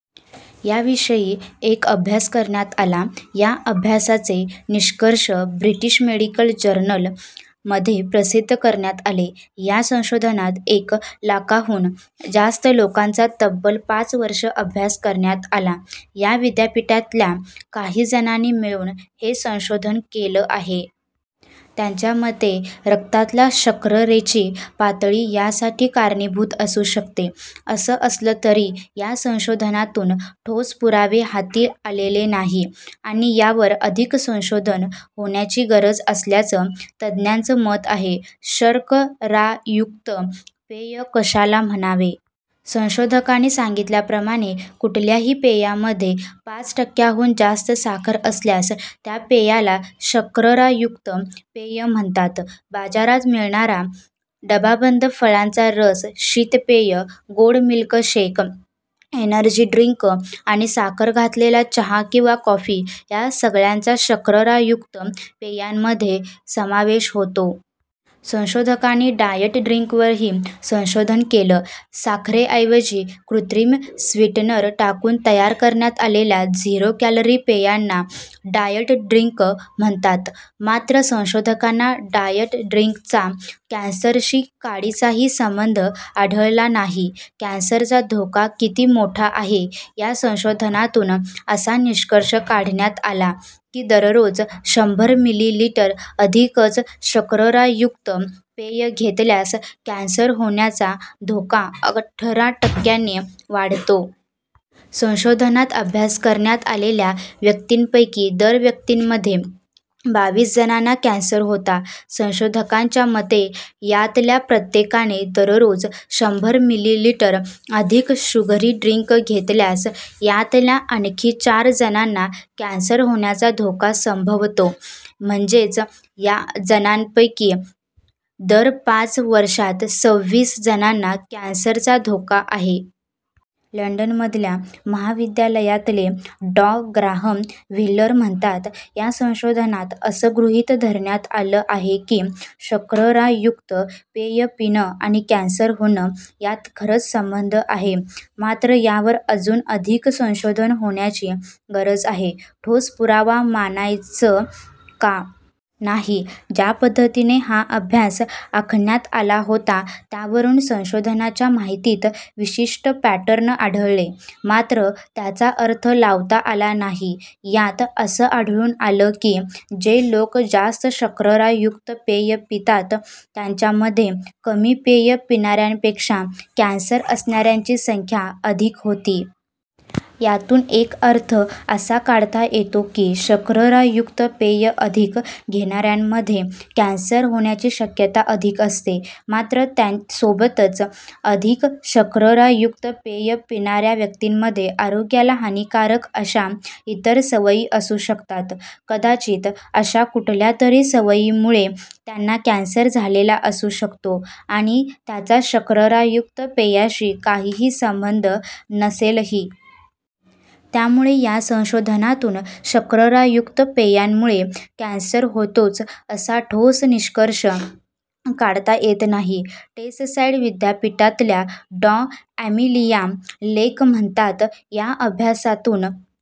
याविषयी एक अभ्यास करण्यात आला. या अभ्यासाचे निष्कर्ष 'ब्रिटिश मेडिकल जर्नल'मध्ये प्रसिद्ध करण्यात आले. या संशोधनात एक लाखांहून जास्त लोकांचा तब्बल पाच वर्षं अभ्यास करण्यात आला. या विद्यापीठातल्या काही जणांनी मिळून हे संशोधन केलं आहे. त्यांच्या मते रक्तातल्या शर्करेची पातळी यासाठी कारणीभूत असू शकते. असं असलं तरी या संशोधनातून ठोस पुरावे हाती आलेले नाही आणि यावर अधिक संशोधन होण्याची गरज असल्याचं तज्ज्ञांचं मत आहे. शर्करायुक्त पेय कशाला म्हणावे? संशोधकांनी सांगितल्याप्रमाणे कुठल्याही पेयामध्ये पाच टक्क्यांहून जास्त साखर असल्यास त्या पेयाला शर्करायुक्त पेय म्हणतात. बाजारात मिळणारा डबाबंद फळांचा रस, शीतपेय, गोड मिल्क शेक, एनर्जी ड्रिंक आणि साखर घातलेला चहा किंवा कॉफी, या सगळ्यांचा शर्करायुक्त पेयांमध्ये समावेश होतो. संशोधकांनी डायट ड्रिंकवरही संशोधन केलं. साखरेऐवजी कृत्रिम स्वीटनर टाकून तयार करण्यात आलेल्या 'झिरो-कॅलरी' पेयांना डायट ड्रिंक म्हणतात. मात्र, संशोधकांना डायट ड्रिंकचा कॅन्सरशी काडीचाही संबंध आढळला नाही. कॅन्सरचा धोका किती मोठा आहे? या संशोधनातून असा निष्कर्ष काढण्यात आला की दररोज शंभर मिलीलीटर अधिकचं शर्करायुक्त पेय घेतल्यास कॅन्सर होण्याचा धोका अठरा टक्क्यांनी वाढतो. संशोधनात अभ्यास करण्यात आलेल्या व्यक्तींपैकी दर व्यक्तींमध्ये बावीस जणांना कॅन्सर होता. संशोधकांच्या मते यातल्या प्रत्येकाने दररोज शंभर मिलीलीटर अधिक शुगरी ड्रिंक घेतल्यास यातल्या आणखी चार जणांना कॅन्सर होण्याचा धोका संभवतो. म्हणजेच जणांपैकी दर पाच वर्षांत सव्वीस जणांना कॅन्सरचा धोका आहे. लंडनमधल्या महाविद्यालयातले डॉ. ग्राहम व्हिलर म्हणतात या संशोधनात असं गृहीत धरण्यात आलं आहे की शर्करायुक्त पेय पिणं आणि कॅन्सर होणं, यात खरंच संबंध आहे. मात्र, यावर अजून अधिक संशोधन होण्याची गरज आहे. ठोस पुरावा मानायचं का? नाही. ज्या पद्धतीने हा अभ्यास आखण्यात आला होता त्यावरून संशोधनाच्या माहितीत विशिष्ट पॅटर्न आढळले. मात्र, त्याचा अर्थ लावता आला नाही. यात असं आढळून आलं की जे लोक जास्त शर्करायुक्त पेय पितात त्यांच्यामध्ये कमी पेय पिणाऱ्यांपेक्षा कॅन्सर असणाऱ्यांची संख्या अधिक होती. यातून एक अर्थ असा काढता येतो की शर्करायुक्त पेय अधिक घेणाऱ्यांमध्ये कॅन्सर होण्याची शक्यता अधिक असते. मात्र, त्यासोबतच अधिक शर्करायुक्त पेय पिणाऱ्या व्यक्तींमध्ये आरोग्याला हानीकारक अशा इतर सवयी असू शकतात. कदाचित अशा कुठल्यातरी सवयीमुळे त्यांना कॅन्सर झालेला असू शकतो आणि त्याचा शर्करायुक्त पेयाशी काहीही संबंध नसेलही. त्यामुळे या संशोधनातून शर्करायुक्त पेयांमुळे कॅन्सर होतोच, असा ठोस निष्कर्ष काढता येत नाही. टेससाईड विद्यापीठातल्या डॉ. अॅमिलिया लेक म्हणतात या अभ्यासातून